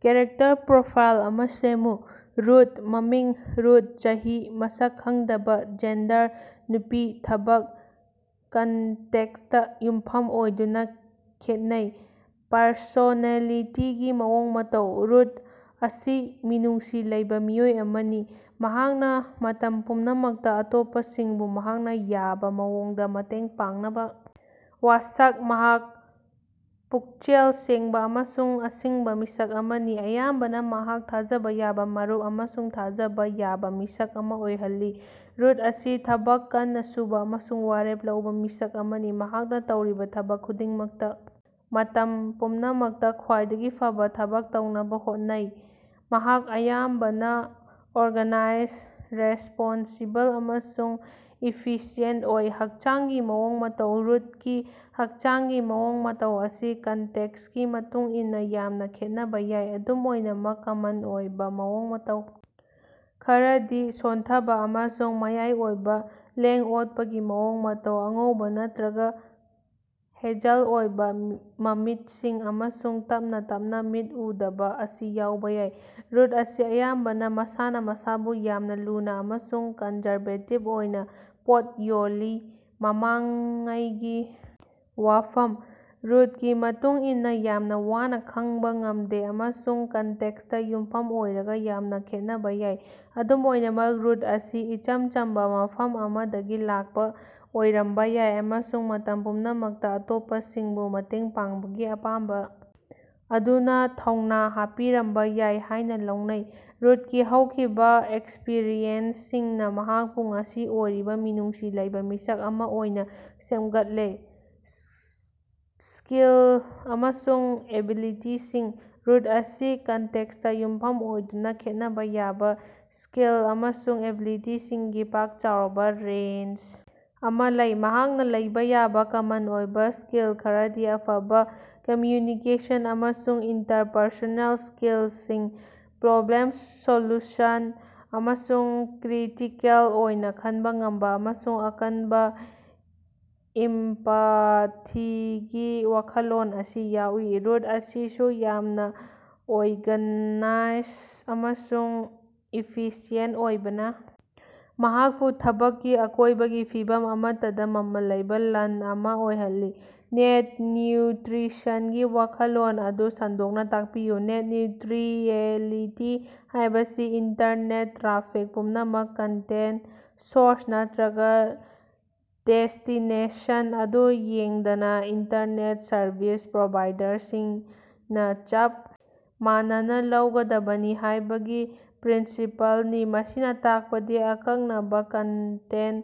Character profile ꯑꯃ ꯁꯦꯝꯃꯨ꯫ Root. ꯃꯃꯤꯡ: ꯔꯨꯠ, ꯆꯍꯤ: ꯃꯁꯛ ꯈꯪꯗꯕꯥ, ꯖꯦꯟꯗꯔ: ꯅꯨꯄꯤ ,ꯊꯕꯛ: ꯀꯟꯇꯦꯛꯁꯇꯥ ꯌꯨꯝꯐꯝ ꯑꯣꯏꯗꯨꯅꯥ ꯈꯦꯠꯅꯩ ꯄꯔꯁꯣꯅꯦꯂꯤꯇꯤꯒꯤ ꯃꯑꯣꯡ-ꯃꯇꯧ: ꯔꯨꯠ ꯑꯁꯤ ꯃꯤꯅꯨꯡꯁꯤ ꯂꯩꯕꯥ ꯃꯤꯑꯣꯏ ꯑꯃꯅꯤ꯫ ꯃꯍꯥꯛꯅꯥ ꯃꯇꯝ ꯄꯨꯝꯅꯃꯛꯇꯥ ꯑꯇꯣꯞꯄꯁꯤꯡꯕꯨ ꯃꯍꯥꯛꯅ ꯌꯥꯕꯥ ꯃꯑꯣꯡꯗꯥ ꯃꯇꯦꯡ ꯄꯥꯡꯅꯕꯥ ꯋꯥꯁꯛ꯫ ꯃꯍꯥꯛ ꯄꯨꯛꯆꯦꯜ ꯁꯦꯡꯕꯥ ꯑꯃꯁꯨꯡ ꯑꯁꯤꯡꯕꯥ ꯃꯤꯁꯛ ꯑꯃꯅꯤ, ꯑꯌꯥꯝꯕꯅꯥ ꯃꯍꯥꯛ ꯊꯥꯖꯕꯥ ꯌꯥꯕꯥ ꯃꯔꯨꯞ ꯑꯃꯁꯨꯡ ꯊꯥꯖꯕꯥ ꯌꯥꯕꯥ ꯃꯤꯁꯛ ꯑꯃ ꯑꯣꯏꯍꯜꯂꯤ꯫ ꯔꯨꯠ ꯑꯁꯤ ꯊꯕꯛ ꯀꯟꯅꯥ ꯁꯨꯕꯥ ꯑꯃꯁꯨꯡ ꯋꯥꯔꯦꯞ ꯂꯧꯕꯥ ꯃꯤꯁꯛ ꯑꯃꯅꯤ, ꯃꯍꯥꯛꯅ ꯇꯧꯔꯤꯕꯥ ꯊꯕꯛ ꯈꯨꯗꯤꯡꯃꯛꯇꯥ ꯃꯇꯝ ꯄꯨꯝꯅꯃꯛꯇꯥ ꯈ꯭ꯋꯥꯏꯗꯒꯤ ꯐꯕꯥ ꯊꯕꯛ ꯇꯧꯅꯕꯥ ꯍꯣꯠꯅꯩ꯫ ꯃꯍꯥꯛ ꯑꯌꯥꯝꯕꯅꯥ ꯑꯣꯔꯒꯥꯅꯥꯏꯖ, ꯔꯦꯁꯄꯣꯟꯁꯤꯕꯜ ꯑꯃꯁꯨꯡ ꯏꯐꯤꯁꯤꯑꯦꯟ ꯑꯣꯏ꯫ ꯍꯛꯆꯥꯡꯒꯤ ꯃꯑꯣꯡ ꯃꯇꯧ: ꯔꯨꯠꯀꯤ ꯍꯛꯆꯥꯡꯒꯤ ꯃꯑꯣꯡ ꯃꯇꯧ ꯑꯁꯤ ꯀꯟꯇꯦꯛꯁꯀꯤ ꯃꯇꯨꯡ ꯏꯟꯅꯥ ꯌꯥꯝꯅꯥ ꯈꯦꯠꯅꯕꯥ ꯌꯥꯏ꯫ ꯑꯗꯨꯝ ꯑꯣꯏꯅꯃꯛ, ꯀꯃꯟ ꯑꯣꯏꯕꯥ ꯃꯑꯣꯡ-ꯃꯇꯧ ꯈꯔꯗꯤ ꯁꯣꯟꯊꯕꯥ ꯑꯃꯁꯨꯡ ꯃꯌꯥꯏ ꯑꯣꯏꯕꯥ ꯂꯦꯡ-ꯑꯣꯠꯄꯒꯤ ꯃꯑꯣꯡ-ꯃꯇꯧ, ꯑꯉꯧꯕꯥ ꯅꯠꯇ꯭ꯔꯒꯥ ꯍꯦꯖꯜ ꯑꯣꯏꯕꯥ ꯃꯃꯤꯠꯁꯤꯡ ꯑꯃꯁꯨꯡ ꯇꯞꯅꯥ ꯇꯞꯅꯥ ꯃꯤꯠ ꯎꯗꯕꯥ ꯑꯁꯤ ꯌꯥꯎꯕ ꯌꯥꯏ꯫ ꯔꯨꯠ ꯑꯁꯤ ꯑꯌꯥꯝꯕꯅꯥ ꯃꯁꯥꯅꯥ ꯃꯁꯥꯕꯨ ꯌꯥꯝꯅ ꯂꯨꯅꯥ ꯑꯃꯁꯨꯡ ꯀꯟꯖꯔꯕꯦꯇꯤꯕ ꯑꯣꯏꯅ ꯄꯣꯠ ꯌꯣꯜꯂꯤ꯫ ꯃꯃꯥꯡꯉꯩꯒꯤ ꯋꯥꯐꯝ: ꯔꯨꯠꯀꯤ ꯃꯇꯨꯡ ꯏꯟꯅꯥ ꯌꯥꯝꯅꯥ ꯋꯥꯅꯥ ꯈꯪꯕꯥ ꯉꯝꯗꯦ ꯑꯃꯁꯨꯡ ꯀꯟꯇꯦꯛꯁꯇꯥ ꯌꯨꯝꯐꯝ ꯑꯣꯏꯔꯒꯥ ꯌꯥꯝꯅꯥ ꯈꯦꯠꯅꯕꯥ ꯌꯥꯏ꯫ ꯑꯗꯨꯝ ꯑꯣꯏꯅꯃꯛ, ꯔꯨꯠ ꯑꯁꯤ ꯏꯆꯝ ꯆꯝꯕꯥ ꯃꯐꯝ ꯑꯃꯗꯒꯤ ꯂꯥꯛꯄꯥ ꯑꯣꯏꯔꯝꯕꯥ ꯌꯥꯏ ꯑꯃꯁꯨꯡ ꯃꯇꯝ ꯄꯨꯝꯅꯃꯛꯇꯥ ꯑꯇꯣꯞꯄꯁꯤꯡꯕꯨ ꯃꯇꯦꯡ ꯄꯥꯡꯕꯒꯤ ꯑꯄꯥꯝꯕꯥ ꯑꯗꯨꯅꯥ ꯊꯧꯅꯥ ꯍꯥꯞꯄꯤꯔꯝꯕꯥ ꯌꯥꯏ ꯍꯥꯏꯅ ꯂꯧꯅꯩ꯫ ꯔꯨꯠꯀꯤ ꯍꯧꯈꯤꯕꯥ ꯑꯦꯛꯁꯄꯔꯤꯌꯦꯟꯁꯁꯤꯡꯅꯥ ꯃꯍꯥꯛꯄꯨ ꯉꯁꯤ ꯑꯣꯏꯔꯤꯕꯥ ꯃꯤꯅꯨꯡꯁꯤ ꯂꯩꯕꯥ ꯃꯤꯁꯛ ꯑꯃ ꯑꯣꯏꯅꯥ ꯁꯦꯝꯒꯠꯂꯦ꯫ ꯁ꯭ꯀꯤꯜ ꯑꯃꯁꯨꯡ ꯑꯦꯕꯤꯂꯤꯇꯤꯁꯤꯡ: ꯔꯨꯠ ꯑꯁꯤ ꯀꯟꯇꯦꯛꯁꯇꯥ ꯌꯨꯝꯐꯝ ꯑꯣꯏꯗꯨꯅꯥ ꯈꯦꯠꯅꯕꯥ ꯌꯥꯕ ꯁ꯭ꯀꯤꯜ ꯑꯃꯁꯨꯡ ꯑꯦꯕꯤꯂꯤꯇꯤꯁꯤꯡꯒꯤ ꯄꯥꯛ-ꯆꯥꯎꯔꯕꯥ ꯔꯦꯟꯖ ꯑꯃ ꯂꯩ꯫ ꯃꯍꯥꯛꯅꯥ ꯂꯩꯕꯥ ꯌꯥꯕꯥ ꯀꯃꯟ ꯑꯣꯏꯕ ꯁ꯭ꯀꯤꯜ ꯈꯔꯗꯤ ꯑꯐꯕꯥ ꯀꯝꯃ꯭ꯌꯨꯅꯤꯀꯦꯁꯟ ꯑꯃꯁꯨꯡ ꯏꯟꯇꯔꯄꯔꯁꯣꯅꯦꯜ ꯁ꯭ꯀꯤꯜꯁꯤꯡ, ꯄ꯭ꯔꯣꯕ꯭ꯂꯦꯝ-ꯁꯣꯜꯂꯨꯁꯟ ꯑꯃꯁꯨꯡ ꯀ꯭ꯔꯤꯇꯤꯀꯦꯜ ꯑꯣꯏꯅ ꯈꯟꯕꯥ ꯉꯝꯕꯥ, ꯑꯃꯁꯨꯡ ꯑꯀꯟꯕꯥ ꯏꯝꯄꯥꯊꯤꯒꯤ ꯋꯥꯈꯜꯂꯣꯟ ꯑꯁꯤ ꯌꯥꯎꯏ꯫ ꯔꯨꯠ ꯑꯁꯤꯁꯨ ꯌꯥꯝꯅꯥ ꯑꯣꯏꯒꯅꯥꯏꯖ ꯑꯃꯁꯨꯡ ꯏꯐꯤꯁꯤꯌꯦꯟ ꯑꯣꯏꯕꯅꯥ ꯃꯍꯥꯛꯄꯨ ꯊꯕꯛꯀꯤ ꯑꯀꯣꯏꯕꯒꯤ ꯐꯤꯚꯝ ꯑꯃꯠꯇꯗꯥ ꯃꯃꯜ ꯂꯩꯕꯥ ꯂꯟ ꯑꯃ ꯑꯣꯏꯍꯜꯂꯤ꯫ ꯅꯦꯠ ꯅ꯭ꯌꯨꯇ꯭ꯔꯤꯁꯟꯒꯤ ꯋꯥꯈꯜꯂꯣꯟ ꯑꯗꯨ ꯁꯟꯗꯣꯛꯅꯥ ꯇꯥꯛꯄꯤꯌꯨ꯫ ꯅꯦꯠ ꯅ꯭ꯌꯨꯇ꯭ꯔꯤꯑꯦꯂꯤꯇꯤ ꯍꯥꯏꯕꯁꯤ ꯏꯟꯇꯔꯅꯦꯠ ꯇ꯭ꯔꯥꯐꯤꯛ ꯄꯨꯝꯅꯃꯛ ꯀꯟꯇꯦꯟ, ꯁꯣꯔꯁ, ꯅꯠꯇ꯭ꯔꯒꯥ ꯗꯦꯁꯇꯤꯅꯦꯁꯟ ꯑꯗꯨ ꯌꯦꯡꯗꯅꯥ ꯏꯟꯇꯔꯅꯦꯠ ꯁꯔꯚꯤꯁ ꯄ꯭ꯔꯣꯚꯥꯏꯗꯔꯁꯤꯡ ꯅꯥ ꯆꯞ ꯃꯥꯟꯅꯅꯥ ꯂꯧꯒꯗꯕꯅꯤ ꯍꯥꯏꯕꯒꯤ ꯄ꯭ꯔꯤꯟꯁꯤꯄꯜꯅꯤ꯫ ꯃꯁꯤꯅꯥ ꯇꯥꯛꯄꯗꯤ ꯑꯀꯛꯅꯕꯥ ꯀꯟꯇꯦꯟ,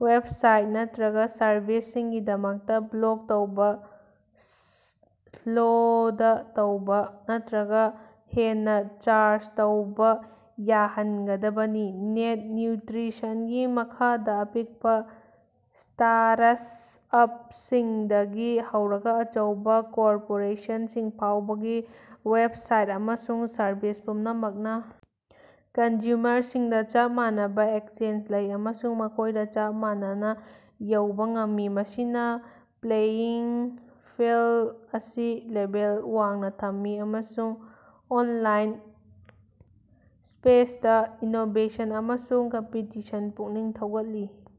ꯋꯦꯕꯁꯥꯏꯠ ꯅꯠꯇ꯭ꯔꯒꯥ ꯁꯔꯚꯤꯁꯁꯤꯡꯒꯤꯗꯃꯛꯇꯥ ꯕ꯭ꯂꯣꯛ ꯇꯧꯕꯥ, ꯁ꯭ꯂꯣꯗ ꯇꯧꯕꯥ ꯅꯠꯇ꯭ꯔꯒꯥ ꯍꯦꯟꯅꯥ ꯆꯥꯔꯖ ꯇꯧꯕꯥ ꯌꯥꯍꯟꯒꯗꯕꯅꯤ꯫ ꯅꯦꯠ ꯅ꯭ꯌꯨꯇ꯭ꯔꯤꯁꯟꯒꯤ ꯃꯈꯥꯗꯥ, ꯑꯄꯤꯛꯄꯥ ꯁ꯭ꯇꯥꯔꯁꯑꯞꯁꯤꯡꯗꯒꯤ ꯍꯧꯔꯒꯥ ꯑꯆꯧꯕꯥ ꯀꯣꯔꯄꯣꯔꯦꯁꯟꯁꯤꯡ ꯐꯥꯎꯕꯒꯤ ꯋꯦꯕꯁꯥꯏꯠ ꯑꯃꯁꯨꯡ ꯁꯔꯚꯤꯁ ꯄꯨꯝꯅꯃꯛꯅꯥ ꯀꯟꯖꯨꯃꯔꯁꯤꯡꯗꯥ ꯆꯞ ꯃꯥꯟꯅꯕꯥ ꯑꯦꯛꯆꯦꯟꯁ ꯂꯩ ꯑꯃꯁꯨꯡ ꯃꯈꯣꯏꯗꯥ ꯆꯞ ꯃꯥꯟꯅꯅꯥ ꯌꯧꯕꯥ ꯉꯝꯃꯤ꯫ ꯃꯁꯤꯅꯥ ꯄ꯭ꯂꯦꯌꯤꯡ ꯐꯤꯜꯑꯁꯤ ꯂꯦꯚꯦꯜ ꯋꯥꯡꯅꯥ ꯊꯝꯃꯤ ꯑꯃꯁꯨꯡ ꯑꯣꯟꯂꯥꯏꯟ ꯁ꯭ꯄꯦꯁꯇꯥ ꯏꯅꯣꯕꯦꯁꯟ ꯑꯃꯁꯨꯡ ꯀꯝꯄꯤꯇꯤꯁꯟ ꯄꯨꯛꯅꯤꯡ ꯊꯧꯒꯠꯂꯤ꯫